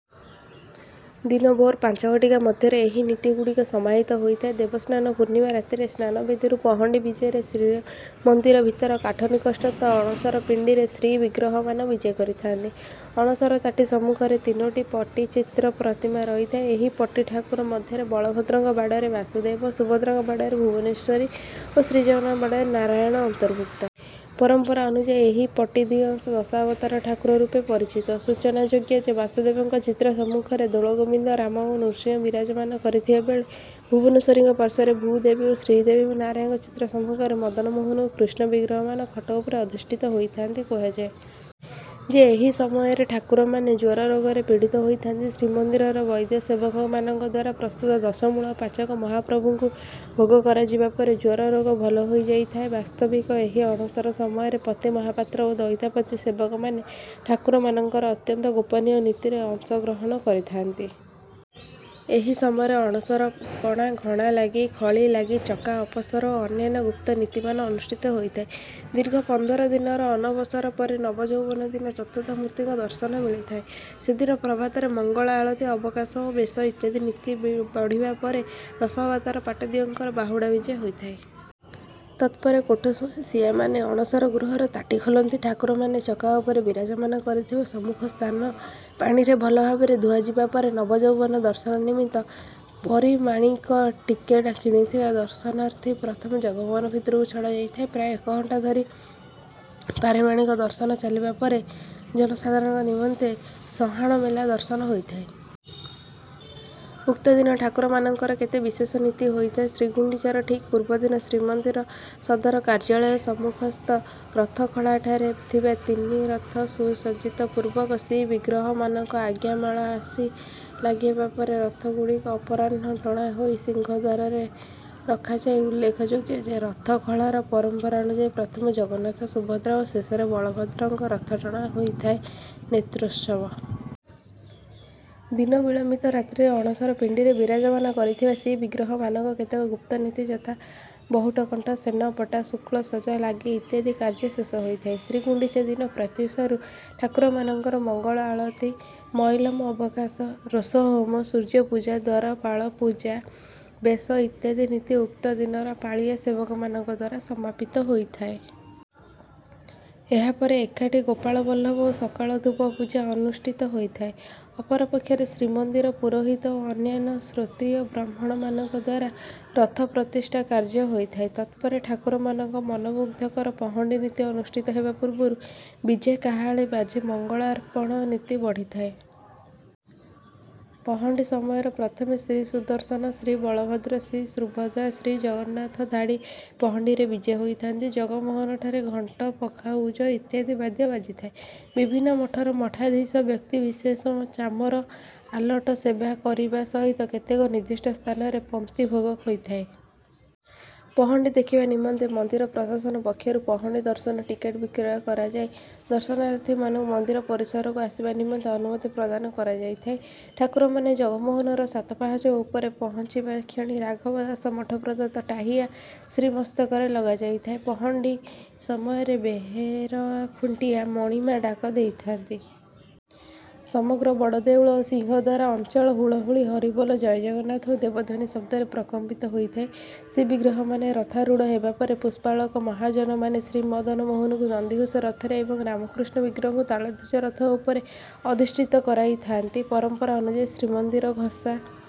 ଦିନ ଭୋର ପାଞ୍ଚ ଘଟିକା ମଧ୍ୟରେ ଏହି ନୀତିଗୁଡ଼ିକ ସମାହିତ ହୋଇଥାଏ। ଦେବସ୍ନାନ ପୂର୍ଣ୍ଣିମା ରାତ୍ରିରେ ସ୍ନାନବେଦୀରୁ ପହଣ୍ଡି ବିଜେରେ ଶ୍ରୀମନ୍ଦିର ଭିତର କାଠ ନିକଟସ୍ଥ ଅଣସର ପିଣ୍ଡିରେ ଶ୍ରୀବିଗ୍ରହମାନେ ବିଜେ କରିଥାନ୍ତି। ଅଣସର ତାଟି ସମ୍ମୁଖରେ ତିନୋଟି ପଟିଚିତ୍ର ପ୍ରତିମା ରହିଥାଏ। ଏହି ପଟି ଠାକୁର ମଧ୍ୟରେ ବଳଭଦ୍ରଙ୍କ ବାଡ଼ରେ ବାସୁଦେବ, ସୁଭଦ୍ରାଙ୍କ ବାଡ଼ରେ ଭୁବନେଶ୍ୱରୀ ଓ ଶ୍ରୀଜଗନ୍ନାଥଙ୍କ ବାଡ଼ରେ ନାରାୟଣ ଅନ୍ତର୍ଭୁକ୍ତ। ପରମ୍ପରା ଅନୁଯାୟୀ ଏହି ପଟିଦିଅଁ ଦଶାବତାର ଠାକୁର ରୂପେ ପରିଚିତ। ସୂଚନାଯୋଗ୍ୟ ଯେ, ବାସୁଦେବଙ୍କ ଚିତ୍ର ସମ୍ମୁଖରେ ଦୋଳଗୋବିନ୍ଦ, ରାମ ଓ ନୃସିଂହ ବିରାଜମାନ କରିଥିବା ବେଳେ ଭୁବନେଶ୍ୱରୀଙ୍କ ପାର୍ଶ୍ୱରେ ଭୂଦେବୀ ଓ ଶ୍ରୀଦେବୀ ଏବଂ ନାରାୟଣଙ୍କ ଚିତ୍ର ସମ୍ମୁଖରେ ମଦନମୋହନ ଓ କୃଷ୍ଣ ବିଗ୍ରହମାନେ ଖଟ ଉପରେ ଅଧିଷ୍ଠିତ ହୋଇଥାନ୍ତି। କୁହାଯାଏ ଯେ, ଏହି ସମୟରେ ଠାକୁରମାନେ ଜ୍ୱରରୋଗରେ ପୀଡ଼ିତ ହୋଇଥାନ୍ତି। ଶ୍ରୀମନ୍ଦିରର ବୈଦ୍ୟ ସେବକମାନଙ୍କ ଦ୍ୱାରା ପ୍ରସ୍ତୁତ ଦଶମୂଳ ପାଚକ ମହାପ୍ରଭୁଙ୍କୁ ଭୋଗ କରାଯିବା ପରେ ଜ୍ୱରରୋଗ ଭଲ ହୋଇଥାଏ। ବାସ୍ତବିକ ଏହି ଅଣସର ସମୟରେ ପତି ମହାପାତ୍ର ଓ ଦଇତାପତି ସେବକମାନେ ଠାକୁରମାନଙ୍କର ଅତ୍ୟନ୍ତ ଗୋପନୀୟ ନୀତିରେ ଅଂଶଗ୍ରହଣ କରିଥାନ୍ତି। ଏହି ସମୟରେ ଅଣସର ପଣା, ଘଣାଲାଗି, ଖଳିଲାଗି, ଚକା ଅପସର ଓ ଅନ୍ୟାନ୍ୟ ଗୁପ୍ତ ନୀତିମାନ ଅନୁଷ୍ଠିତ ହୋଇଥାଏ। ଦୀର୍ଘ ପନ୍ଦର ଦିନର ଅନବସର ପରେ ନବଯୌବନ ଦିନ ଚତୁର୍ଦ୍ଧାମୂର୍ତ୍ତିଙ୍କ ଦର୍ଶନ ମିଳିଥାଏ। ସେଦିନ ପ୍ରଭାତରେ ମଙ୍ଗଳ ଆଳତି, ଅବକାଶ ଓ ବେଶ ଇତ୍ୟାଦି ନୀତି ବଢ଼ିବା ପରେ ଦଶାବତାର ପଟିଦିଅଁମାନଙ୍କର ବାହୁଡ଼ା ବିଜେ ହୋଇଥାଏ। ତତ୍‌ପରେ କୋଠସୁଆଁସିଆମାନେ ଅଣସର ଗୃହ ତାଟି ଖୋଲିଥାନ୍ତି। ଠାକୁରମାନେ ଚକା ଉପରେ ବିରାଜମାନ କରିଥିବା ସମ୍ମୁଖସ୍ଥାନ ପାଣିରେ ଭଲ ଭାବରେ ଧୁଆଯିବା ପରେ ନବଯୌବନ ଦର୍ଶନ ନିମିତ୍ତ ପରିମାଣିକ ଟିକେଟ୍ କିଣିଥିବା ଦର୍ଶନାର୍ଥୀମାନଙ୍କୁ ପ୍ରଥମେ ଜଗମୋହନ ଭିତରକୁ ଛଡ଼ାଯାଇଥାଏ। ପ୍ରାୟ ଏକ ଘଣ୍ଟା ଧରି ପରିମାଣିକ ଦର୍ଶନ ଚାଲିବା ପରେ ଜନସାଧାରଣଙ୍କ ନିମନ୍ତେ ସାହାଣମେଲା ଦର୍ଶନ ହୋଇଥାଏ। ଉକ୍ତ ଦିନ ଠାକୁରମାନଙ୍କର କେତେକ ବିଶେଷ ନୀତି ହୋଇଥାଏ। ଶ୍ରୀଗୁଣ୍ଡିଚାର ଠିକ୍ ପୂର୍ବଦିନ ଶ୍ରୀମନ୍ଦିର ସଦର କାର୍ଯ୍ୟାଳୟ ସମ୍ମୁଖସ୍ଥ ରଥଖଳାଠାରେ ଥିବା ତିନି ରଥ ସୁସଜ୍ଜିତ ପୂର୍ବକ ଶ୍ରୀବିଗ୍ରହମାନଙ୍କ ଆଜ୍ଞାମାଳ ଆସି ଲାଗି ହେବା ପରେ ରଥଗୁଡ଼ିକ ଅପରାହ୍ନରେ ଟଣା ହୋଇ ସିଂହଦ୍ୱାରଠାରେ ରଖାଯାଇଥାଏ। ଉଲ୍ଲେଖଯୋଗ୍ୟ ଯେ, ରଥଖଳାର ପରମ୍ପରା ଅନୁଯାୟୀ ପ୍ରଥମେ ଜଗନ୍ନାଥ, ସୁଭଦ୍ରା ଓ ଶେଷରେ ବଳଭଦ୍ରଙ୍କ ରଥ ଟଣା ହୋଇଥାଏ। ନେତ୍ରୋତ୍ସବ ଦିନ ବିଳମ୍ବିତ ରାତ୍ରିରେ ଅଣସର ପିଣ୍ଡିରେ ବିରାଜମାନ କରିଥିବା ଶ୍ରୀବିଗ୍ରହମାନଙ୍କ କେତେକ ଗୁପ୍ତ ନୀତି, ଯଥା— ବାହୁଟକଣ୍ଟ, ସେନାପଟା, ଶୁକ୍ଳସଜ ଲାଗି ଇତ୍ୟାଦି କାର୍ଯ୍ୟ ଶେଷ ହୋଇଥାଏ। ଶ୍ରୀଗୁଣ୍ଡିଚା ଦିନ ପ୍ରତ୍ୟୂଷରୁ ଠାକୁରମାନଙ୍କର ମଙ୍ଗଳ ଆଳତି, ମଇଲମ, ଅବକାଶ, ରୋଷହୋମ, ସୂର୍ଯ୍ୟପୂଜା, ଦ୍ୱାରପାଳ ପୂଜା, ବେଶ ଇତ୍ୟାଦି ନୀତି ଉକ୍ତ ଦିନର ପାଳିଆ ସେବକମାନଙ୍କ ଦ୍ୱାରା ସମାପିତ ହୋଇଥାଏ। ଏହାପରେ ଏକାଠି ଗୋପାଳବଲ୍ଲଭ ଓ ସକାଳ ଧୂପ ପୂଜା ଅନୁଷ୍ଠିତ ହୋଇଥାଏ। ଅପରପକ୍ଷରେ ଶ୍ରୀମନ୍ଦିର ପୁରୋହିତ ଓ ଅନ୍ୟାନ୍ୟ ଶ୍ରୋତ୍ରୀୟ ବ୍ରାହ୍ମଣମାନଙ୍କ ଦ୍ୱାରା ରଥ ପ୍ରତିଷ୍ଠା କାର୍ଯ୍ୟ ହୋଇଥାଏ। ତତ୍‌ପରେ ଠାକୁରମାନଙ୍କ ମନମୁଗ୍ଧକର ପହଣ୍ଡି ନୀତି ଅନୁଷ୍ଠିତ ହେବା ପୂର୍ବରୁ ବିଜେ କାହାଳୀ ବାଜି ମଙ୍ଗଳାର୍ପଣ ନୀତି ବଢ଼ିଥାଏ। ପହଣ୍ଡି ସମୟରେ ପ୍ରଥମେ ଶ୍ରୀସୁଦର୍ଶନ, ଶ୍ରୀବଳଭଦ୍ର, ଶ୍ରୀସୁଭଦ୍ରା ଓ ଶ୍ରୀଜଗନ୍ନାଥ ଧାଡ଼ି ପହଣ୍ଡିରେ ବିଜେ ହୋଇଥାନ୍ତି। ଜଗମୋହନଠାରେ ଘଣ୍ଟ, ପଖାଉଜ ଇତ୍ୟାଦି ବାଦ୍ୟ ବାଜିଥାଏ। ବିଭିନ୍ନ ମଠର ମଠାଧୀଶ, ବ୍ୟକ୍ତିବିଶେଷମାନେ ଚାମର, ଆଲଟ ସେବା କରିବା ସହିତ କେତେକ ନିର୍ଦ୍ଦିଷ୍ଟ ସ୍ଥାନରେ ପନ୍ତି ଭୋଗ ହୋଇଥାଏ। ପହଣ୍ଡି ଦେଖିବା ନିମନ୍ତେ ମନ୍ଦିର ପ୍ରଶାସନ ପକ୍ଷରୁ ପହଣ୍ଡି ଦର୍ଶନ ଟିକେଟ୍ ବିକ୍ରୟ କରାଯାଇ ଦର୍ଶନାର୍ଥୀମାନଙ୍କୁ ମନ୍ଦିର ପରିସରକୁ ଆସିବା ନିମନ୍ତେ ଅନୁମତି ପ୍ରଦାନ କରାଯାଇଥାଏ। ଠାକୁରମାନେ ଜଗମୋହନର ସାତ ପାହାଚ ଉପରେ ପହଞ୍ଚିବା କ୍ଷଣି ରାଘବ ଦାସ ମଠ ପ୍ରଦତ୍ତ 'ଟାହିଆ' ଶ୍ରୀମସ୍ତକରେ ଲଗାଯାଇଥାଏ। ପହଣ୍ଡି ସମୟରେ ବେହେରା ଖୁଣ୍ଟିଆ 'ମଣିମା' ଡାକ ଦେଇଥାନ୍ତି। ସମଗ୍ର ବଡ଼ ଦେଉଳ ଓ ସିଂହଦ୍ୱାର ଅଞ୍ଚଳ ହୁଳହୁଳି, ହରିବୋଲ, 'ଜୟ ଜଗନ୍ନାଥ' ଓ ଦେବଧ୍ୱନି ଶବ୍ଦରେ ପ୍ରକମ୍ପିତ ହୋଇଥାଏ। ଶ୍ରୀବିଗ୍ରହମାନେ ରଥାରୂଢ଼ ହେବାପରେ ପୁଷ୍ପାଳକ ମହାଜନମାନେ ଶ୍ରୀମଦନମୋହନଙ୍କୁ ନନ୍ଦିଘୋଷ ରଥରେ ଏବଂ ରାମ, କୃଷ୍ଣ ବିଗ୍ରହଙ୍କୁ ତାଳଧ୍ୱଜ ରଥ ଉପରେ ଅଧିଷ୍ଠିତ କରାଇଥାନ୍ତି। ପରମ୍ପରା ଅନୁଯାୟୀ ଶ୍ରୀମନ୍ଦିରର ଘସା...